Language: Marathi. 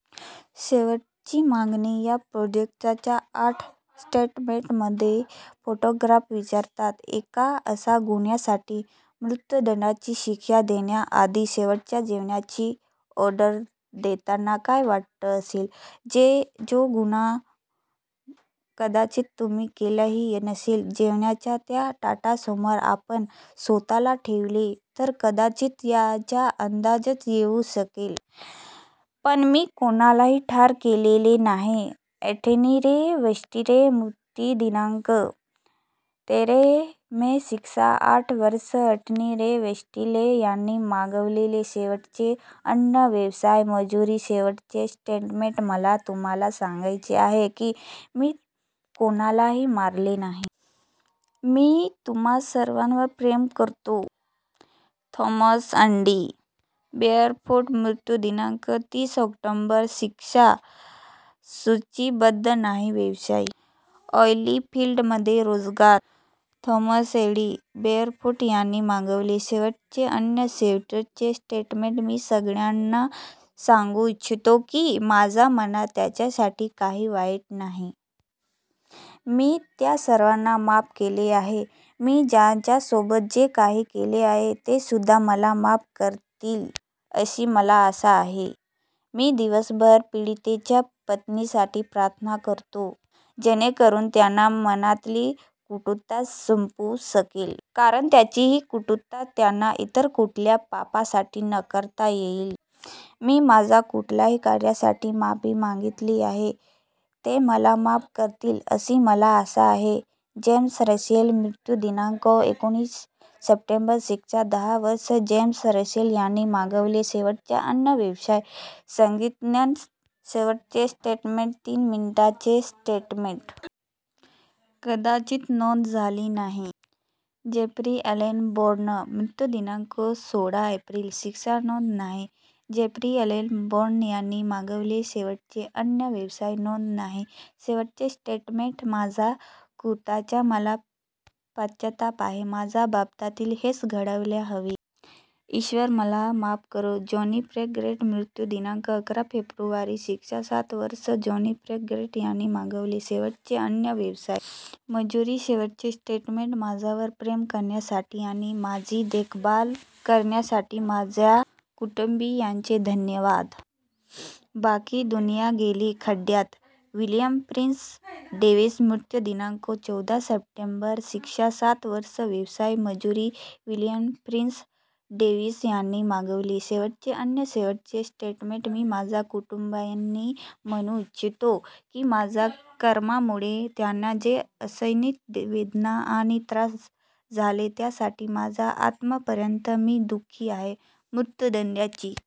शेवटची मागणी - या प्रोजेक्टच्या आर्ट स्टेटमेंटमध्ये फोटोग्राफर विचारतात, "एका अशा गुन्ह्यासाठी मृत्यूदंडाची शिक्षा देण्याआधी शेवटच्या जेवणाची ऑर्डर देताना काय वाटत असेल, जो गुन्हा कदाचित तुम्ही केलाही नसेल?" "जेवणाच्या त्या ताटासमोर आपण स्वतःला ठेवले तर कदाचित याचा अंदाज येऊ शकेल." पण, मी कुणालाही ठार केलेले नाही - अँथनी रे वेस्टले, मृत्यू दिनांक: तेरह मे, शिक्षा: आठ वर्षे, अँथनी रे वेस्टले यांनी मागवलेले शेवटचे अन्न, व्यवसाय: मजुरी, शेवटचे स्टेटमेंट: "मला तुम्हाला सांगायचे आहे की मी कुणालाही मारले नाही. मी तुम्हा सर्वांवर प्रेम करतो." थॉमस अँडी बेअरफूट, मृत्यू दिनांक: तीस ऑक्टोबर, शिक्षा: सूचीबद्ध नाही, व्यवसाय: ऑइलफिल्डमध्ये रोजगार, थॉमस अँडी बेअरफूट यांनी मागवलेले शेवटचे अन्न, शेवटचे स्टेटमेंट: "मी सगळ्यांना सांगू इच्छितो की माझ्या मनात त्यांच्यासाठी काही वाईट नाही. मी त्या सर्वांना माफ केले आहे. मी ज्यांच्यासोबत जे काही केले आहे तेसुद्धा मला माफ करतील, अशी मला आशा आहे." "मी दिवसभर पीडितेच्या पत्नीसाठी प्रार्थना करतो. जेणेकरून त्यांच्या मनातली कटुता संपू शकेल. कारण त्यांची ही कटुताच त्यांना इतर कुठल्या पापासाठी नरकात नेईल. मी माझ्या कुठल्याही कार्यासाठी माफी मागितली आहे. ते मला माफ करतील, अशी मला आशा आहे." जेम्स रसेल, मृत्यू दिनांक: एकोणीस सप्टेंबर, शिक्षा: दहा वर्षे, जेम्स रसेल यांनी मागवलेले शेवटचे अन्न, व्यवसाय: संगीतज्ञ, शेवटचे स्टेटमेंट: तीन मिनिटांचे स्टेटमेंट. कदाचित नोंद झाली नाही. जेफ्री अलेन बार्ने, मृत्यू दिनांक: सोळा एप्रिल, शिक्षा: नोंद नाही, जेफ्री अलेन बार्ने यांनी मागवलेले शेवटचे अन्न, व्यवसाय: नोंद नाही, शेवटचे स्टेटमेंट: "माझ्या कृत्याचा मला पश्चाताप आहे. माझ्या बाबतीत हेच घडायला हवे. ईश्वर मला माफ करो." जॉनी फ्रँक गॅरेट, मृत्यू दिनांक: अकरा फेब्रुवारी, शिक्षा: सात वर्षे, जॉनी फ्रँक गॅरेट यांनी मागवलेले शेवटचे अन्न, व्यवसाय: मजुरी, शेवटचे स्टेटमेंट: "माझ्यावर प्रेम करण्यासाठी आणि माझी देखभाल करण्यासाठी माझ्या कुटुंबीयांचे धन्यवाद. बाकी दुनिया गेली खड्ड्यात." विलियम प्रिन्स डेव्हिस, मृत्यू दिनांक: चौदा सप्टेंबर, शिक्षा: सात वर्षे, व्यवसाय: मजुरी, विलियम प्रिन्स डेव्हिस यांनी मागवलेले शेवटचे अन्न, शेवटचे स्टेटमेंट: "मी माझ्या कुटुंबीयांना म्हणू इच्छितो की माझ्या कर्मामुळे त्यांना जे असहनीय वेदना आणि त्रास झाले त्यासाठी माझ्या आत्म्यापर्यंत मी दुःखी आहे. मृत्यूदंडाची